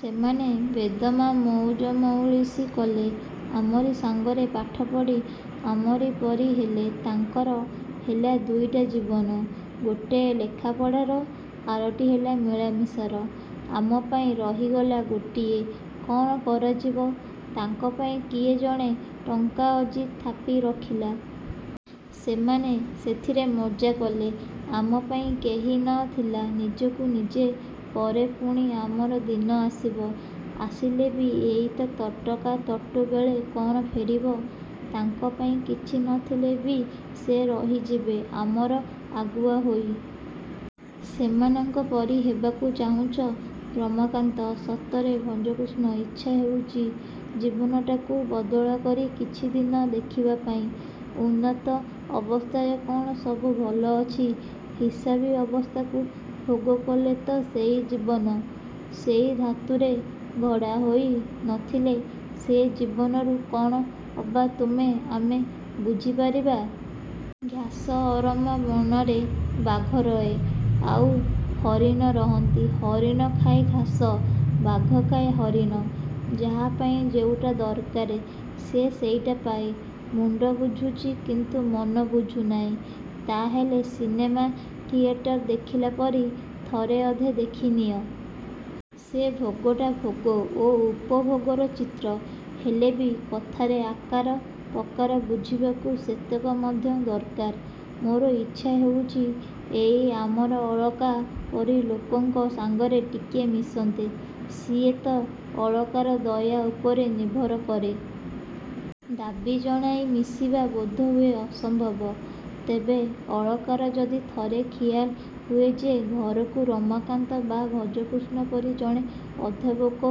ସେମାନେ ବେଦମା ମଉଜମଉଲିସ କଲେ। ଆମରି ସାଙ୍ଗରେ ପାଠ ପଢ଼ି ଆମରି ପରି ହେଲେ। ତାଙ୍କର ହେଲା ଦୁଇଟା ଜୀବନ–ଗୋଟିଏ ଲେଖାପଢ଼ାର, ଆରଟି ହେଲା ମିଳାମିଶାର। ଆମ ପାଇଁ ରହିଗଲା ଗୋଟିଏ। –କ'ଣ କରାଯିବ? ତାଙ୍କ ପାଇଁ କିଏ ଜଣେ ଟଙ୍କା ଅର୍ଜି ଥାପି ରଖିଲା। ସେମାନେ ସେଥିରେ ମଜ୍ଜା କଲେ। ଆମ ପାଇଁ କେହି ନ ଥିଲା–ନିଜକୁ ନିଜେ। ପରେ ପୁଣି ଆମର ଦିନ ଆସିବ। –ଆସିଲେ ବି ଏଇ ତଟକା ତଟୁ ବେଳ କ'ଣ ଫେରିବ? ତାଙ୍କ ପାଇଁ କିଛି ନ ଥିଲେ ବି ସେ ରହିଯିବେ ଆମର ଆଗୁଆ ହୋଇ। –ସେମାନଙ୍କ ପରି ହେବାକୁ ଚାହୁଁଛ ରମାକାନ୍ତ? –ସତରେ ଭଜକୃଷ୍ଣ। ଇଚ୍ଛା ହେଉଛି ଜୀବନଟାକୁ ବଦଳ କରି କିଛି ଦିନ ଦେଖିବା ପାଇଁ-। ଉନ୍ନତ୍ତ ଅବସ୍ଥାରେ କ'ଣ ସବୁ ଭଲ ଅଛି? ହିସାବୀ ଅବସ୍ଥାକୁ ଭୋଗ କଲେ ତ–ସେଇ ଜୀବନ-? –ସେଇ ଧାତୁରେ ଗଢ଼ା ହୋଇ ନ ଥିଲେ ସେ ଜୀବନରୁ କ'ଣ ଅବା ତୁମେ ଆମେ ବୁଝିପାରିବା? ଘାସ ଅରମା ବଣରେ ବାଘ ରହେ, ଆଉ ହରିଣ ରହନ୍ତି। ହରିଣ ଖାଏ ଘାସ–ବାଘ ଖାଏ ହରିଣ। ଯାହା ପାଇଁ ଯେଉଁଟା ଦରକାର ସେ ସେଇଟା ପାଏ। –ମୁଣ୍ଡ ବୁଝୁଛି; କିନ୍ତୁ ମନ ବୁଝୁ ନାହିଁ। –ତାହାହେଲେ ସିନେମା ଥିଏଟର ଦେଖିଲା ପରି ଥରେ ଅଧେ ଦେଖି ନିଅ। ସେ ଭୋଗଟା ଭୋଗ ଓ ଉପଭୋଗର ଚିତ୍ର। ହେଲେ ବି କଥାର ଆକାର ପ୍ରକାର ବୁଝିବାକୁ ସେତକ ମଧ୍ୟ ଦରକାର। –ମୋର ଇଚ୍ଛା ହେଉଛି ଏଇ ଆମର ଅଳକା ପରି ଲୋକଙ୍କ ସାଙ୍ଗରେ ଟିକିଏ ମିଶନ୍ତେ-। –ସିଏ ତ ଅଳକାର ଦୟା ଉପରେ ନିର୍ଭର କରେ। ଦାବୀ ଜଣାଇ ମିଶିବା ବୋଧହୁଏ ଅସମ୍ଭବ। ତେବେ ଅଳକାର ଯଦି ଥରେ ଖିଆଲ ହୁଏ ଯେ, ଘରକୁ ରମାକାନ୍ତ ବା ଭଜକୃଷ୍ଣ ପରି ଜଣେ ଅଧେ ବୋକା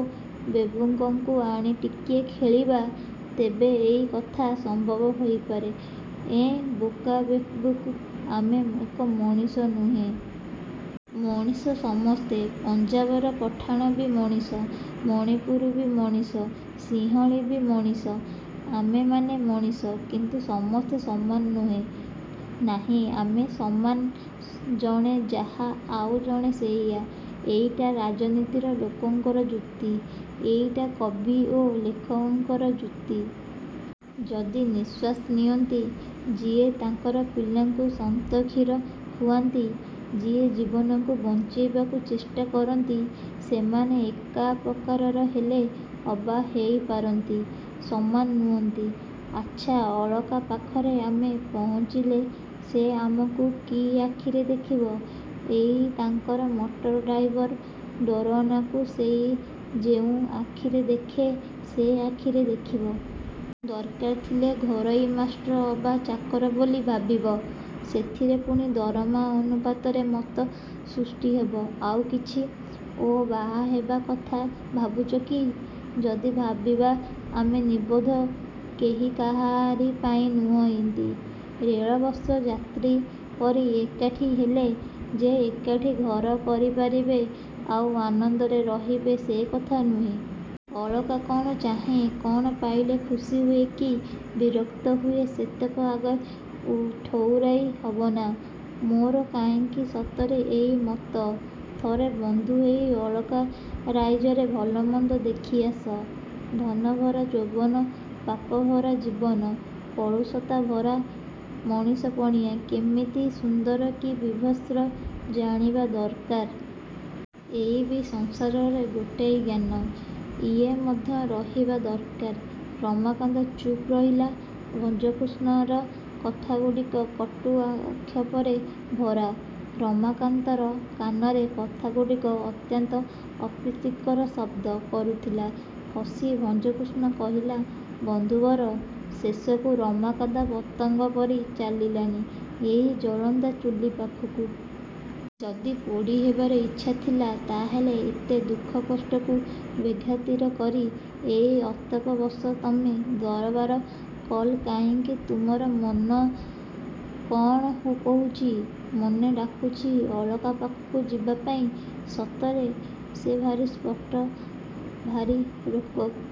ବେକୁବଙ୍କୁ ଆଣି ଟିକିଏ ଖେଳିବା–ତେବେ ଏଇ କଥା ସମ୍ଭବ ହେଇପାରେ। –ଏଁ, ବୋକା ବେକୁବ୍? –ଆମେ କ'ଣ ମଣିଷ ନୋହୁଁ? –ମଣିଷ ସମସ୍ତେ। ପଞ୍ଜାବର ପଠାଣ ବି ମଣିଷ, ମଣିପୁରୀ ବି ମଣିଷ, ସିଂହଳୀ ବି ମଣିଷ। ଆମେମାନେ ମଣିଷ; କିନ୍ତୁ ସମସ୍ତେ ସମାନ ନୋହୁଁ। –ନାହିଁ, ଆମେ ସମାନ। ଜଣେ ଯାହା–ଆଉ ଜଣେ ସେଇଆ। –ଏଇଟା ରାଜନୀତିର ଲୋକଙ୍କର ଯୁକ୍ତି। ଏଇଟା କବି ଓ ଲେଖକଙ୍କର ଯୁକ୍ତି। ଯିଏ ନିଶ୍ୱାସ ନିଅନ୍ତି, ଯିଏ ତାଙ୍କର ପିଲାଙ୍କୁ ସ୍ତନକ୍ଷୀର ଖୁଆନ୍ତି, ଯିଏ ଜୀବନକୁ ବଞ୍ଚାଇବାକୁ ଚେଷ୍ଟା କରନ୍ତି। ସେମାନେ ଏକା ପ୍ରକାରର ହେଲେ ଅବା ହେଇ ପାରନ୍ତି, ସମାନ ନୁହଁନ୍ତି। –ଆଚ୍ଛା, ଅଳକା ପାଖରେ ଆମେ ପହଞ୍ଚିଲେ ସେ ଆମକୁ କି ଆଖିରେ ଦେଖିବ? –ଏଇ ତାଙ୍କର ମଟର ଡ୍ରାଇଭର, ଦରଓ୍ୱାନକୁ ସେ ଯେଉଁ ଆଖିରେ ଦେଖେ ସେଇ ଆଖିରେ ଦେଖିବ। ଦରକାର ଥିଲେ ଘରୋଇ ମାଷ୍ଟ୍ର ଅବା ଚାକର ବୋଲି ଭାବିବ।। ସେଥିରେ ପୁଣି ଦରମା ଅନୁପାତରେ ମତ ସୃଷ୍ଟି ହବ। –ଆଉ କିଛି? –ଓ, ବାହା ହେବା କଥା ଭାବୁଛ କି? –ଯଦି ଭାବିବା। –ଆମେ ନିର୍ବୋଧ। କେହି କାହାରି ପାଇଁ ନୁହଁନ୍ତି। ରେଳ ବସ୍ର ଯାତ୍ରୀ ପରି ଏକାଠି ହେଲେ ଯେ ଏକାଠି ଘର କରିପାରିବେ ଆଉ ଆନନ୍ଦରେ ରହିବେ ସେ କଥା ନୁହେଁ। ଅଳକା କ'ଣ ଚାହେଁ, କ'ଣ ପାଇଲେ ଖୁସି ହୁଏ କି ବିରକ୍ତ ହୁଏ ସେତକ ଆଗ ଠଉରାଇ ହବନାଁ? –ମୋର କାହିଁକି ସତରେ ଏଇ ମତ। –ଥରେ ବନ୍ଧୁ ଏଇ ଅଳକା ରାଇଜର ଭଲମନ୍ଦ ଦେଖି ଆସ–ଧନଭରା ଯୌବନ, ପାପଭରା ଜୀବନ, କଳୁଷତା–ଭରା ମଣିଷ–ପଣିଆ–। କେମିତି ସୁନ୍ଦର କି ବୀଭତ୍ସ ଜାଣିବା ଦରକାର। ଇଏ ବି ସଂସାରର ଗୋଟାଏ ଜ୍ଞାନ। ଇଏ ମଧ୍ୟ ରହିବା ଦରକାର। ରମାକାନ୍ତ ଚୁପ୍ ରହିଲା–ଭଜକୃଷ୍ଣର କଥାଗୁଡ଼ିକ କଟୁ ଆକ୍ଷେପରେ ଭରା। ରମାକାନ୍ତର କାନରେ କଥାଗୁଡ଼ିକ ଅତ୍ୟନ୍ତ ଅପ୍ରୀତିକର ଶବ୍ଦ କରୁଥିଲା। ହସି ଭଜକୃଷ୍ଣ କହିଲା–ବନ୍ଧୁବର! ଶେଷକୁ ରମାକାନ୍ତ ପତଙ୍ଗ ପରି ଚାଲିଲାଣି ଏହି ଜଳନ୍ତା ଚୁଲି ପାଖକୁ। ଯଦି ପୋଡ଼ି ହେବାର ଇଚ୍ଛା ଥିଲା ତାହାହେଲେ ଏତେ ଦୁଃଖ କଷ୍ଟକୁ ବେଖାତିର କରି ଏହି ଏତକ ବର୍ଷ ତମେ ବରବାଦ କଲ କାହିଁକି? ତୁମର ମନ କ'ଣ କହୁଛି? –ମନ ଡାକୁଛି ଅଳକା ପାଖକୁ ଯିବା ପାଇଁ। ସତରେ ସେ ଭାରି ସ୍ପଷ୍ଟ–ଭାରି ରୋକ୍ଠୋକ୍।